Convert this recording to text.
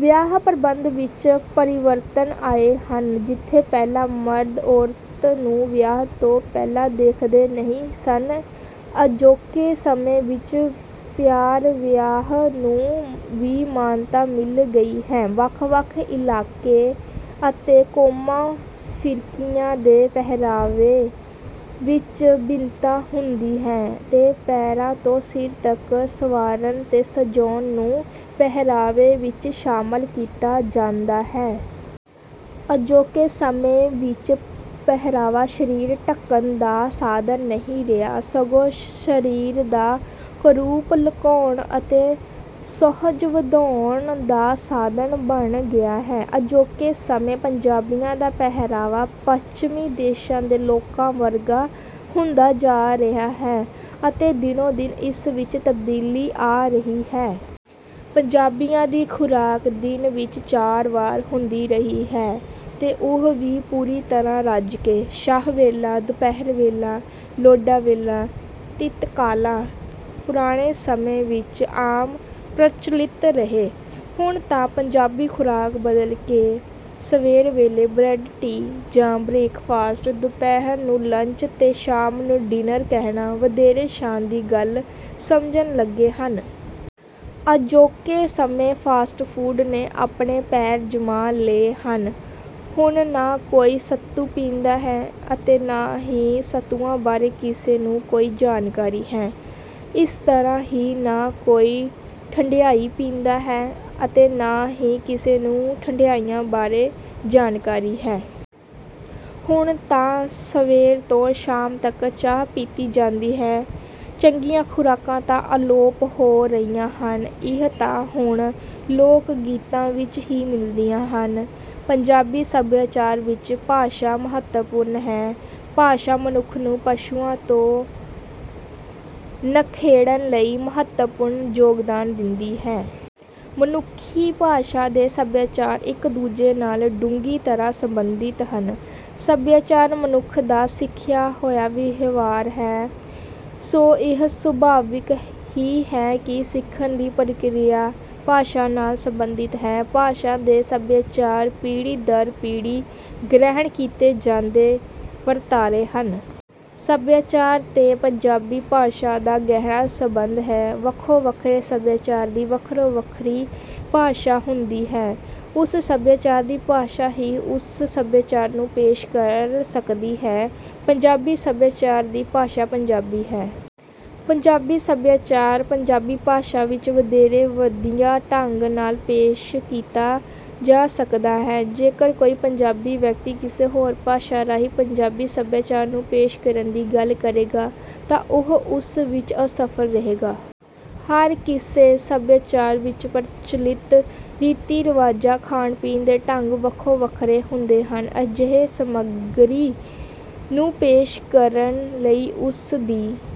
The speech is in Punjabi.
ਵਿਆਹ ਪ੍ਰਬੰਧ ਵਿੱਚ ਪਰਿਵਰਤਨ ਆਏ ਹਨ। ਜਿੱਥੇ ਪਹਿਲਾਂ ਮਰਦ ਔਰਤ ਨੂੰ ਵਿਆਹ ਤੋਂ ਪਹਿਲਾਂ ਦੇਖਦੇ ਨਹੀਂ ਸਨ, ਅਜੋਕੇ ਸਮੇਂ ਵਿੱਚ ਪਿਆਰ-ਵਿਆਹ ਨੂੰ ਵੀ ਮਾਨਤਾ ਮਿਲ ਗਈ ਹੈ। ਵੱਖ-ਵੱਖ ਇਲਾਕੇ ਅਤੇ ਕੌਮਾਂ-ਫਿਰਕਿਆਂ ਦੇ ਪਹਿਰਾਵੇ ਵਿੱਚ ਭਿੰਨਤਾ ਹੁੰਦੀ ਹੈ, ਤੇ ਪੈਰਾਂ ਤੋਂ ਸਿਰ ਤੱਕ ਸੰਵਾਰਨ ਤੇ ਸਜਾਉਣ ਨੂੰ ਪਹਿਰਾਵੇ ਵਿੱਚ ਸ਼ਾਮਿਲ ਕੀਤਾ ਜਾਂਦਾ ਹੈ। ਅਜੋਕੇ ਸਮੇਂ ਵਿੱਚ ਪਹਿਰਾਵਾ ਸਰੀਰ ਢਕਣ ਦਾ ਸਾਧਨ ਨਹੀਂ ਰਿਹਾ, ਸਗੋਂ ਸਰੀਰ ਦਾ ਕੁਰੂਪ ਲੁਕਾਉਣ ਅਤੇ ਸੁਹਜ ਵਧਾਉਣ ਦਾ ਸਾਧਨ ਬਣ ਗਿਆ ਹੈ। ਅਜੋਕੇ ਸਮੇਂ ਪੰਜਾਬੀਆਂ ਦਾ ਪਹਿਰਾਵਾ ਪੱਛਮੀ ਦੇਸ਼ਾਂ ਦੇ ਲੋਕਾਂ ਵਰਗਾ ਹੁੰਦਾ ਜਾ ਰਿਹਾ ਹੈ, ਅਤੇ ਦਿਨੋਂ-ਦਿਨ ਇਸ ਵਿੱਚ ਤਬਦੀਲੀ ਆ ਰਹੀ ਹੈ। ਪੰਜਾਬੀਆਂ ਦੀ ਖੁਰਾਕ ਦਿਨ ਵਿੱਚ ਚਾਰ ਵਾਰ ਹੁੰਦੀ ਰਹੀ ਹੈ, ਤੇ ਉਹ ਵੀ ਪੂਰੀ ਤਰ੍ਹਾਂ ਰੱਜ ਕੇ। ਛਾਹ ਵੇਲਾ, ਦੁਪਹਿਰ ਵੇਲਾ, ਲੋਢਾ ਵੇਲਾ, ਤ੍ਰਿਕਾਲਾਂ ਪੁਰਾਣੇ ਸਮੇਂ ਵਿੱਚ ਆਮ ਪ੍ਰਚੱਲਿਤ ਰਹੇ। ਹੁਣ ਤਾਂ ਪੰਜਾਬੀ ਖੁਰਾਕ ਬਦਲ ਕੇ ਸਵੇਰ ਵੇਲੇ ਬਰੈੱਡ-ਟੀ ਜਾਂ ਬਰੇਕਫਾਸਟ, ਦੁਪਹਿਰ ਨੂੰ ਲੰਚ ਤੇ ਸ਼ਾਮ ਨੂੰ ਡਿੱਨਰ ਕਹਿਣਾ ਵਧੇਰੇ ਸ਼ਾਨ ਦੀ ਗੱਲ ਸਮਝਣ ਲੱਗੇ ਹਨ। ਅਜੋਕੇ ਸਮੇਂ ਫਾਸਟ ਫੂਡ ਨੇ ਆਪਣੇ ਪੈਰ ਜਮਾ ਲਏ ਹਨ। ਹੁਣ ਨਾ ਕੋਈ ਸੱਤੂ ਪੀਂਦਾ ਹੈ ਅਤੇ ਨਾ ਹੀ ਸੱਤੂਆਂ ਬਾਰੇ ਕਿਸੇ ਨੂੰ ਕੋਈ ਜਾਣਕਾਰੀ ਹੈ। ਇਸ ਤਰ੍ਹਾਂ ਹੀ ਨਾ ਕੋਈ ਠੰਢਿਆਈ ਪੀਂਦਾ ਹੈ ਅਤੇ ਨਾ ਹੀ ਕਿਸੇ ਨੂੰ ਠੰਢਿਆਈ ਬਾਰੇ ਜਾਣਕਾਰੀ ਹੈ। ਹੁਣ ਤਾਂ ਸਵੇਰ ਤੋਂ ਸ਼ਾਮ ਤੱਕ ਚਾਹ ਪੀਤੀ ਜਾਂਦੀ ਹੈ। ਚੰਗੀਆਂ ਖੁਰਾਕਾਂ ਤਾਂ ਅਲੋਪ ਹੋ ਰਹੀਆਂ ਹਨ, ਇਹ ਤਾਂ ਹੁਣ ਲੋਕ-ਗੀਤਾਂ ਵਿੱਚ ਹੀ ਮਿਲਦੀਆਂ ਹਨ। ਪੰਜਾਬੀ ਸਭਿਆਚਾਰ ਵਿੱਚ ਭਾਸ਼ਾ ਮਹੱਤਵਪੂਰਨ ਹੈ। ਭਾਸ਼ਾ ਮਨੁੱਖ ਨੂੰ ਪਸ਼ੂਆਂ ਤੋਂ ਨਿਖੇੜਨ ਲਈ ਮਹੱਤਵਪੂਰਨ ਯੋਗਦਾਨ ਦਿੰਦੀ ਹੈ। ਮਨੁੱਖੀ ਭਾਸ਼ਾ ਤੇ ਸਭਿਆਚਾਰ ਇੱਕ-ਦੂਜੇ ਨਾਲ ਡੂੰਘੀ ਤਰ੍ਹਾਂ ਸੰਬੰਧਿਤ ਹਨ। ਸਭਿਆਚਾਰ ਮਨੁੱਖ ਦਾ ਸਿੱਖਿਆ ਹੋਇਆ ਵਿਵਹਾਰ ਹੈ, ਸੋ ਇਹ ਸੁਭਾਵਿਕ ਹੀ ਹੈ ਕਿ ਸਿੱਖਣ ਦੀ ਪ੍ਰਕਿਰਿਆ ਭਾਸ਼ਾ ਨਾਲ ਸੰਬੰਧਿਤ ਹੈ। ਭਾਸ਼ਾ ਤੇ ਸਭਿਆਚਾਰ ਪੀੜ੍ਹੀ ਦਰ ਪੀੜ੍ਹੀ ਗ੍ਰਹਿਣ ਕੀਤੇ ਜਾਂਦੇ ਵਰਤਾਰੇ ਹਨ। ਸਭਿਆਚਾਰ ਤੇ ਪੰਜਾਬੀ ਭਾਸ਼ਾ ਦਾ ਗਹਿਰਾ ਸੰਬੰਧ ਹੈ। ਵੱਖੋ-ਵੱਖਰੇ ਸਭਿਆਚਾਰ ਦੀ ਵੱਖੋ-ਵੱਖਰੀ ਭਾਸ਼ਾ ਹੁੰਦੀ ਹੈ। ਉਸ ਸਭਿਆਚਾਰ ਦੀ ਭਾਸ਼ਾ ਹੀ ਉਸ ਸਭਿਆਚਾਰ ਨੂੰ ਪੇਸ਼ ਕਰ ਸਕਦੀ ਹੈ। ਪੰਜਾਬੀ ਸਭਿਆਚਾਰ ਦੀ ਭਾਸ਼ਾ ਪੰਜਾਬੀ ਹੈ। ਪੰਜਾਬੀ ਸਭਿਆਚਾਰ ਪੰਜਾਬੀ ਭਾਸ਼ਾ ਵਿੱਚ ਵਧੇਰੇ ਵਧੀਆ ਢੰਗ ਨਾਲ ਪੇਸ਼ ਕੀਤਾ ਜਾ ਸਕਦਾ ਹੈ। ਜੇਕਰ ਕੋਈ ਪੰਜਾਬੀ ਵਿਅਕਤੀ ਕਿਸੇ ਹੋਰ ਭਾਸ਼ਾ ਰਾਹੀਂ ਪੰਜਾਬੀ ਸਭਿਆਚਾਰ ਨੂੰ ਪੇਸ਼ ਕਰਨ ਦੀ ਗੱਲ ਕਰੇਗਾ, ਤਾਂ ਉਹ ਉਸ ਵਿੱਚ ਅਸਫਲ ਰਹੇਗਾ। ਹਰ ਕਿਸੇ ਸਭਿਆਚਾਰ ਵਿੱਚ ਪ੍ਰਚਲਿਤ ਰੀਤੀ-ਰਿਵਾਜਾਂ, ਖਾਣ-ਪੀਣ ਦੇ ਢੰਗ ਵੱਖੋ-ਵੱਖਰੇ ਹੁੰਦੇ ਹਨ। ਅਜਿਹੀ ਸਮੱਗਰੀ ਨੂੰ ਪੇਸ਼ ਕਰਨ ਲਈ ਉਸ ਦੀ